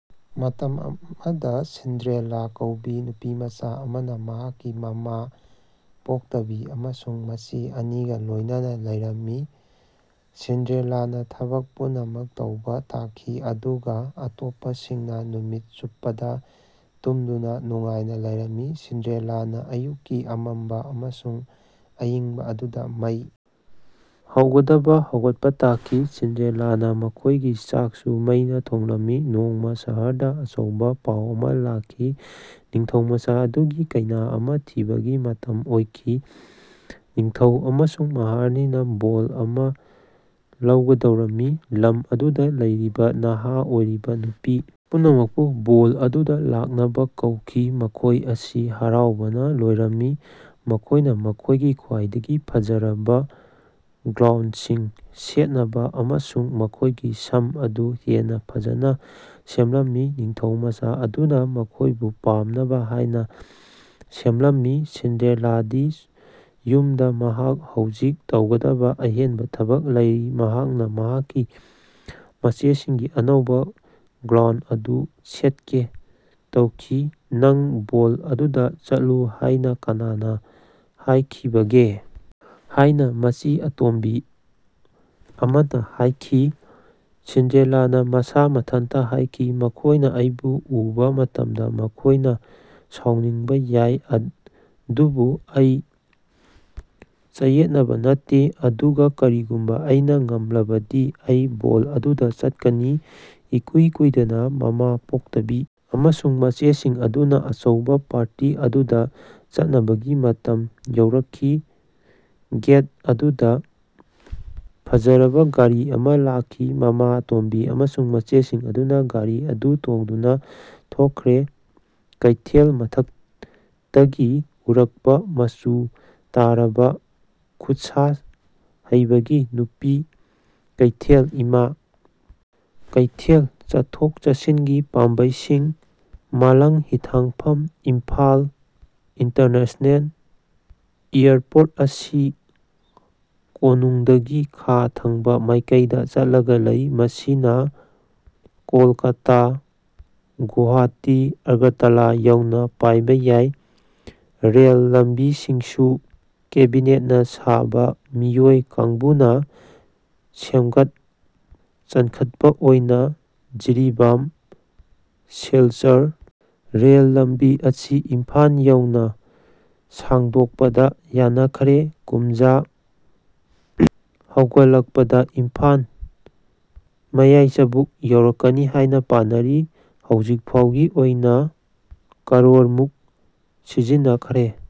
ꯃꯇꯝ ꯑꯃꯗ ꯁꯤꯟꯗ꯭ꯔꯦꯂꯥ ꯀꯧꯕꯤ ꯅꯨꯄꯤꯃꯆꯥ ꯑꯃꯅ ꯃꯍꯥꯛꯀꯤ ꯃꯃꯥ ꯄꯣꯛꯇꯕꯤ ꯑꯃꯁꯨꯡ ꯃꯆꯦ ꯑꯅꯤꯒ ꯂꯣꯏꯅꯅ ꯂꯩꯔꯝꯃꯤ꯫ ꯁꯤꯟꯗ꯭ꯔꯦꯂꯥꯅ ꯊꯕꯛ ꯄꯨꯝꯅꯃꯛ ꯇꯧꯕ ꯇꯥꯈꯤ ꯑꯗꯨꯒ ꯑꯇꯣꯞꯄꯁꯤꯡꯅ ꯅꯨꯃꯤꯠ ꯆꯨꯞꯄꯗ ꯇꯨꯝꯗꯨꯅ ꯅꯨꯡꯉꯥꯏꯅ ꯂꯩꯔꯝꯃꯤ꯫ ꯁꯤꯟꯗ꯭ꯔꯦꯂꯥꯅ ꯑꯌꯨꯛꯀꯤ ꯑꯃꯝꯕ ꯑꯃꯁꯨꯡ ꯑꯏꯪꯕ ꯑꯗꯨꯗ ꯃꯩ ꯍꯧꯒꯗꯕ ꯍꯧꯒꯠꯄ ꯇꯥꯈꯤ꯫ ꯁꯤꯟꯗ꯭ꯔꯦꯂꯥꯅ ꯃꯈꯣꯏꯒꯤ ꯆꯥꯛꯁꯨ ꯃꯥꯅ ꯊꯣꯉꯝꯃꯤ꯫ ꯅꯣꯡꯃ ꯁꯍꯔꯗ ꯑꯆꯧꯕ ꯄꯥꯎ ꯑꯃ ꯂꯥꯛꯈꯤ꯫ ꯅꯤꯡꯊꯧꯃꯆꯥ ꯑꯗꯨꯒꯤ ꯀꯩꯅꯥ ꯑꯃ ꯊꯤꯕꯒꯤ ꯃꯇꯝ ꯑꯣꯏꯈꯤ꯫ ꯅꯤꯡꯊꯧ ꯑꯃꯁꯨꯡ ꯃꯍꯥꯔꯥꯅꯤꯅ ꯕꯣꯜ ꯑꯃ ꯂꯧꯒꯗꯧꯔꯝꯃꯤ꯫ ꯂꯝ ꯑꯗꯨꯗ ꯂꯩꯔꯤꯕ ꯅꯍꯥ ꯑꯣꯏꯔꯤꯕ ꯅꯨꯄꯤ ꯄꯨꯝꯅꯃꯛꯄꯨ ꯕꯣꯜ ꯑꯗꯨꯗ ꯂꯥꯛꯅꯕ ꯀꯧꯈꯤ꯫ ꯃꯈꯣꯏ ꯑꯁꯤ ꯍꯔꯥꯎꯕꯅ ꯂꯣꯏꯔꯝꯃꯤ꯫ ꯃꯈꯣꯏꯅ ꯃꯈꯣꯏꯒꯤ ꯈ꯭ꯋꯥꯏꯗꯒꯤ ꯐꯖꯔꯕ ꯒꯥꯎꯟꯁꯤꯡ ꯁꯦꯠꯅꯕ ꯑꯃꯁꯨꯡ ꯃꯈꯣꯏꯒꯤ ꯁꯝ ꯑꯗꯨ ꯍꯦꯟꯅ ꯐꯖꯅ ꯁꯦꯝꯂꯝꯃꯤ꯫ ꯅꯤꯡꯊꯧꯃꯆꯥ ꯑꯗꯨꯅ ꯃꯈꯣꯏꯕꯨ ꯄꯥꯝꯅꯕ ꯍꯥꯏꯅ ꯁꯦꯝꯂꯝꯃꯤ꯫ ꯁꯤꯟꯗ꯭ꯔꯦꯂꯥꯗꯤ ꯌꯨꯝꯗ ꯃꯍꯥꯛ ꯍꯧꯖꯤꯛ ꯇꯧꯒꯗꯕ ꯑꯍꯦꯟꯕ ꯊꯕꯛ ꯂꯩꯔꯤ꯫ ꯃꯍꯥꯛꯅ ꯃꯍꯥꯛꯀꯤ ꯃꯆꯦꯁꯤꯡꯒꯤ ꯑꯅꯧꯕ ꯒꯥꯎꯟ ꯑꯗꯨ ꯁꯦꯠꯀꯦ ꯇꯧꯈꯤ꯫ "ꯅꯪ ꯕꯣꯜ ꯑꯗꯨꯗ ꯆꯠꯂꯨ ꯍꯥꯏꯅ ꯀꯅꯥꯅ ꯍꯥꯏꯈꯤꯕꯒꯦ? " ꯍꯥꯏꯅ ꯃꯆꯦ ꯑꯇꯣꯝꯕꯤ ꯑꯃꯅ ꯍꯥꯏꯈꯤ꯫ ꯁꯤꯟꯗ꯭ꯔꯦꯂꯥꯅ ꯃꯁꯥ ꯃꯊꯟꯇ ꯍꯥꯏꯈꯤ, "ꯃꯈꯣꯏꯅ ꯑꯩꯕꯨ ꯎꯕ ꯃꯇꯝꯗ ꯃꯈꯣꯏꯅ ꯁꯥꯎꯅꯤꯡꯕ ꯌꯥꯏ, ꯑꯗꯨꯕꯨ ꯑꯩ ꯆꯌꯦꯠꯅꯕ ꯅꯠꯇꯦ꯫ ꯑꯗꯨꯒ ꯀꯔꯤꯒꯨꯝꯕ ꯑꯩꯅ ꯉꯝꯂꯕꯗꯤ ꯑꯩ ꯕꯣꯜ ꯑꯗꯨꯗ ꯆꯠꯀꯅꯤ꯫" ꯏꯀꯨꯏ ꯀꯨꯏꯗꯅ ꯃꯃꯥ ꯄꯣꯛꯇꯕꯤ ꯑꯃꯁꯨꯡ ꯃꯆꯦꯁꯤꯡ ꯑꯗꯨꯅ ꯑꯆꯧꯕ ꯄꯥꯔꯇꯤ ꯑꯗꯨꯗ ꯆꯠꯅꯕꯒꯤ ꯃꯇꯝ ꯌꯧꯔꯛꯈꯤ꯫ ꯒꯦꯠ ꯑꯗꯨꯗ ꯐꯖꯔꯕ ꯒꯥꯔꯤ ꯑꯃ ꯂꯥꯛꯈꯤ꯫ ꯃꯃꯥ ꯑꯇꯣꯝꯕꯤ ꯑꯃꯁꯨꯡ ꯃꯆꯦꯁꯤꯡ ꯑꯗꯨꯅ ꯒꯥꯔꯤ ꯑꯗꯨ ꯇꯣꯡꯗꯨꯅ ꯊꯣꯛꯈ꯭ꯔꯦ꯫ ꯀꯩꯊꯦꯜ ꯃꯊꯛꯇꯒꯤ ꯎꯔꯛꯄ ꯃꯆꯨ ꯇꯥꯔꯕ ꯈꯨꯠꯁꯥꯍꯩꯕꯒꯤ ꯅꯨꯄꯤ ꯀꯩꯊꯦꯜ (ꯏꯃꯥ ꯀꯩꯊꯦꯜ), ꯆꯠꯊꯣꯛ ꯆꯠꯁꯤꯟꯒꯤ ꯄꯥꯝꯕꯩꯁꯤꯡ ꯃꯥꯂꯪꯍꯤꯊꯥꯡꯐꯝ ꯏꯝꯐꯥꯜ ꯏꯟꯇꯔꯅꯦꯁꯅꯦꯜ ꯏꯌꯥꯔꯄꯣꯔꯠ ꯑꯁꯤ ꯀꯣꯅꯨꯡꯗꯒꯤ ꯈꯥ ꯊꯪꯕ ꯃꯥꯏꯀꯩꯗ ꯆꯠꯂꯒ ꯂꯩ꯫ ꯃꯁꯤꯅ ꯀꯣꯜꯀꯇꯥ, ꯒꯨꯋꯥꯍꯥꯇꯤ, ꯑꯒꯔꯇꯥꯂꯥ ꯌꯧꯅ ꯄꯥꯏꯕ ꯌꯥꯏ꯫ ꯔꯦꯜ ꯂꯝꯕꯤꯁꯤꯡꯁꯨ ꯀꯦꯕꯤꯅꯦꯠꯅ ꯁꯥꯕ ꯃꯤꯑꯣꯏ ꯀꯥꯡꯕꯨꯅ ꯁꯦꯝꯒꯠ ꯆꯟꯈꯠꯄ ꯑꯣꯏꯅ ꯖꯤꯔꯤꯕꯥꯝ ꯁꯤꯜꯆꯔ ꯔꯦꯜ ꯂꯝꯕꯤ ꯑꯁꯤ ꯏꯝꯐꯥꯜ ꯌꯧꯅ ꯁꯥꯡꯗꯣꯛꯄꯗ ꯌꯥꯅꯈ꯭ꯔꯦ꯫ ꯀꯨꯝꯖ ꯍꯧꯒꯠꯂꯛꯄꯗ ꯏꯝꯐꯥꯜ ꯃꯌꯥꯏꯆꯕꯨꯛ ꯌꯧꯔꯛꯀꯥꯅꯤ ꯍꯥꯏꯅ ꯄꯥꯅꯔꯤ꯫ ꯍꯧꯖꯤꯛꯐꯥꯎꯒꯤ ꯑꯣꯏꯅ ꯀꯔꯣꯔ ꯃꯨꯛ ꯁꯤꯖꯤꯟꯅꯈ꯭ꯔꯦ꯫